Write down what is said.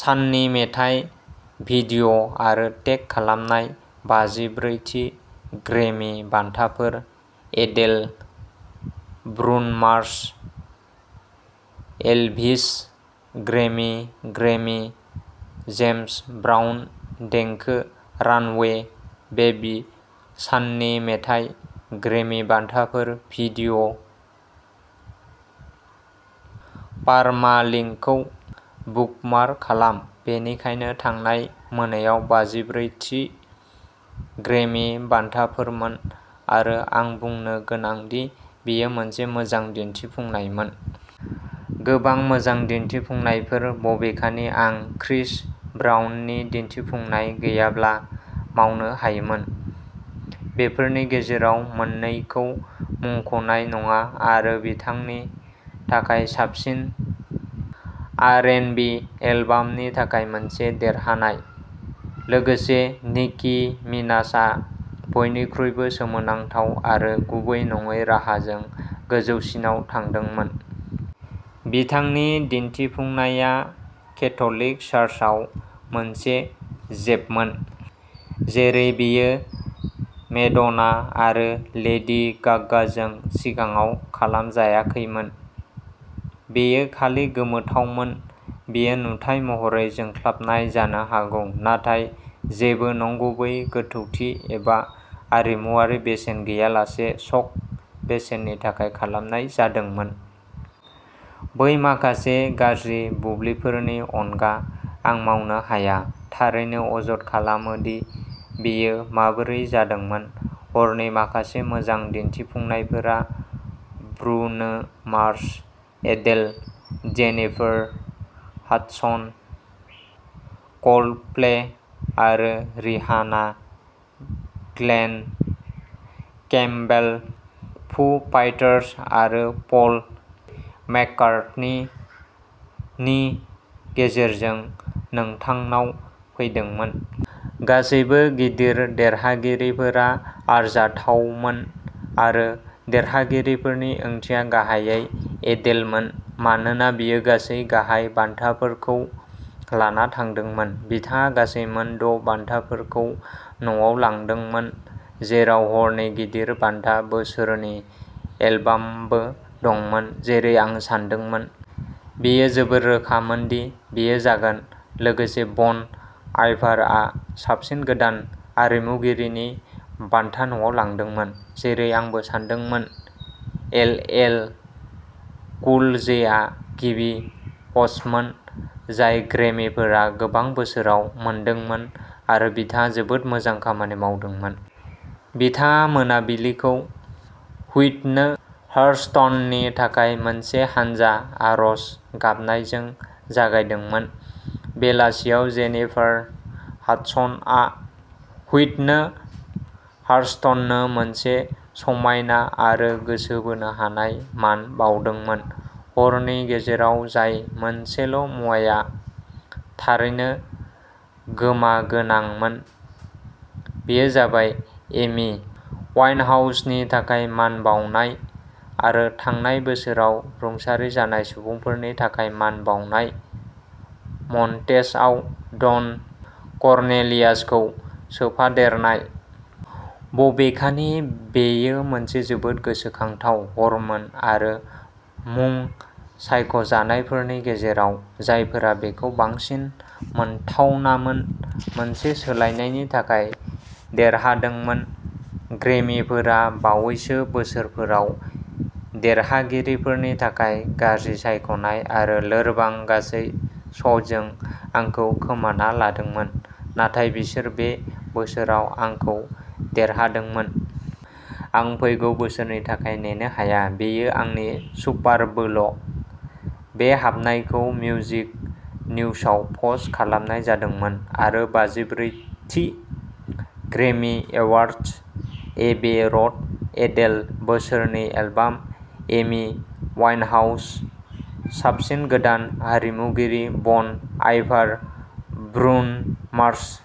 साननि मेथाइ, भिडिअ'आरो टेग खालामनाय बाजिब्रैथि ग्रेमि बान्थाफोर, Adele, Bruno Mars, Elvis, Grammy, Grammy, James Brown, देंखो, रानअवे बेबी, साननि मेथाइ, ग्रेमि बान्थाफोर, भिडिअ'। पारमालिंकखौ बुकमार्क खालाम। बेनिखायनो थांनाय मोनायाव बाजिब्रैथि ग्रेमि बान्थाफोरमोन आरो आं बुंनो गोनां दि बेयो मोनसे मोजां दिन्थिफुंनायमोन। गोबां मोजां दिन्थिफुंनायफोर, बबेखानि आं क्रिस ब्राउननि दिन्थिफुंनाय गैयाब्ला मावनो हायोमोन, बेफोरनि गेजेराव मोननैखौ मुंख'नाय नङा आरो बिथांनि थाखाय साबसिन आरएन्डबी एलबामनि थाखाय मोनसे देरहानाय। लोगोसे निकि मिनाजआ बयनिख्रुइबो सोमोनांथाव आरो गुबै नङै राहाजों गोजौसिनाव थांदोंमोन। बिथांनि दिन्थिफुंनाया केथ'लिक चार्चआव मोनसे जेबमोन। जेरै बेयो मेड'ना आरो लेडी गागाजों सिगाङाव खालामजायाखैमोन। बेयो खालि गोमोथावमोन। बेयो नुथाइ महरै जोंख्लाबनाय जानो हागौ, नाथाय जेबो नंगुबै गोथौथि एबा आरिमुवारि बेसेन गैयालासे शक बेसेननि थाखाय खालामनाय जादोंमोन। बै माखासे गाज्रि बुब्लिफोरनि अनगा, आं मावनो हाया। थारैनो अजद खालामो दि बेयो माबोरै जादोंमोन। हरनि माखासे मोजां दिन्थिफुंनायफोरा, Bruno Mars, Adele, Jennifer Hudson, Coldplay आरो रिहाना, ग्लेन केम्पबेल, फु फाइटार्स आरो पल मेककार्टनि नि गेजेरजों नोंथांनाव फैदोंमोन। गासैबो गिदिर देरहागिरिफोरा आरजाथावमोन। आरो देरहागिरिफोरनि ओंथिया गाहायै एडेलमोन, मानोना बियो गासै गाहाय बान्थाफोरखौ लाना थांदोंमोन। बिथाङा गासै मोन द बान्थाफोरखौ न'आव लांदोंमोन, जेराव हरनि गिदिर बान्था, बोसोरनि एलबामबो दंमोन, जेरै आं सान्दोंमोन। बेयो जोबोद रोखामोन दि, बेयो जागोन। लोगोसे बन आइभारआ साबसिन गोदान आरिमुगिरिनि बान्था न'आव लांदोंमोन, जेरै आंबो सान्दोंमोन। एलएल कुल जेआ गिबि ह'स्टमोन जाय ग्रेमिफोरा गोबां बोसोराव मोनदोंमोन आरो बिथाङा जोबोद मोजां खामानि मावदोंमोन। बिथाङा मोनाबिलिखौ व्हिटनो ह्वास्टननि थाखाय मोनसे हानजा आरज गाबनायजों जागायदोंमोन। बेलासियाव, जेनिफार हाडसनआ व्हिटनो ह्वास्टननो मोनसे समायना आरो गोसो बोनो हानाय मान बाउदोंमोन। हरनि गेजेराव जाय मोनसेल'मुवाया थारैनो गोमागोनांमोन, बेयो जाबाय एमि वाइनहाउसनि थाखाय मान बाउनाय आरो थांनाय बोसोराव रुंसारि जानाय सुबुंफोरनि थाखाय मान बाउनाय मन्टेजआव डन कर्नेलियासखौ सोफादेरनाय। बबेखानि बेयो मोनसे जोबोद गोसोखांथाव हरमोन आरो मुं सायख'जानायफोरनि गेजेराव, जायफोरा बेखौ बांसिन मोनथावनामोन, मोनसे सोलायनायनि थाखाय देरहादोंमोन। ग्रैमिफोरा बावैसो बोसोरफोराव देरहागिरिफोरनि थाखाय गाज्रि सायख'नाय आरो लोरबां गासै श'जों आंखौ खोमाना लादोंमोन, नाथाय बिसोर बे बोसोराव आंखौ देरहादोंमोन। आं फैगौ बोसोरनि थाखाय नेनो हाया!!! बेयो आंनि सुपारबोल!!! बे हाबनायखौ मिउजिक, निउसाव पस्ट खालामनाय जादोंमोन आरो बाजिब्रैथि ग्रैमि एवार्ड्स, एबे र'ड, एडेल, बोसोरनि एलबाम, एमि वाइनहाउस, साबसिन गोदान आरिमुगिरि, बन आइभार, ब्रुन'मार्स,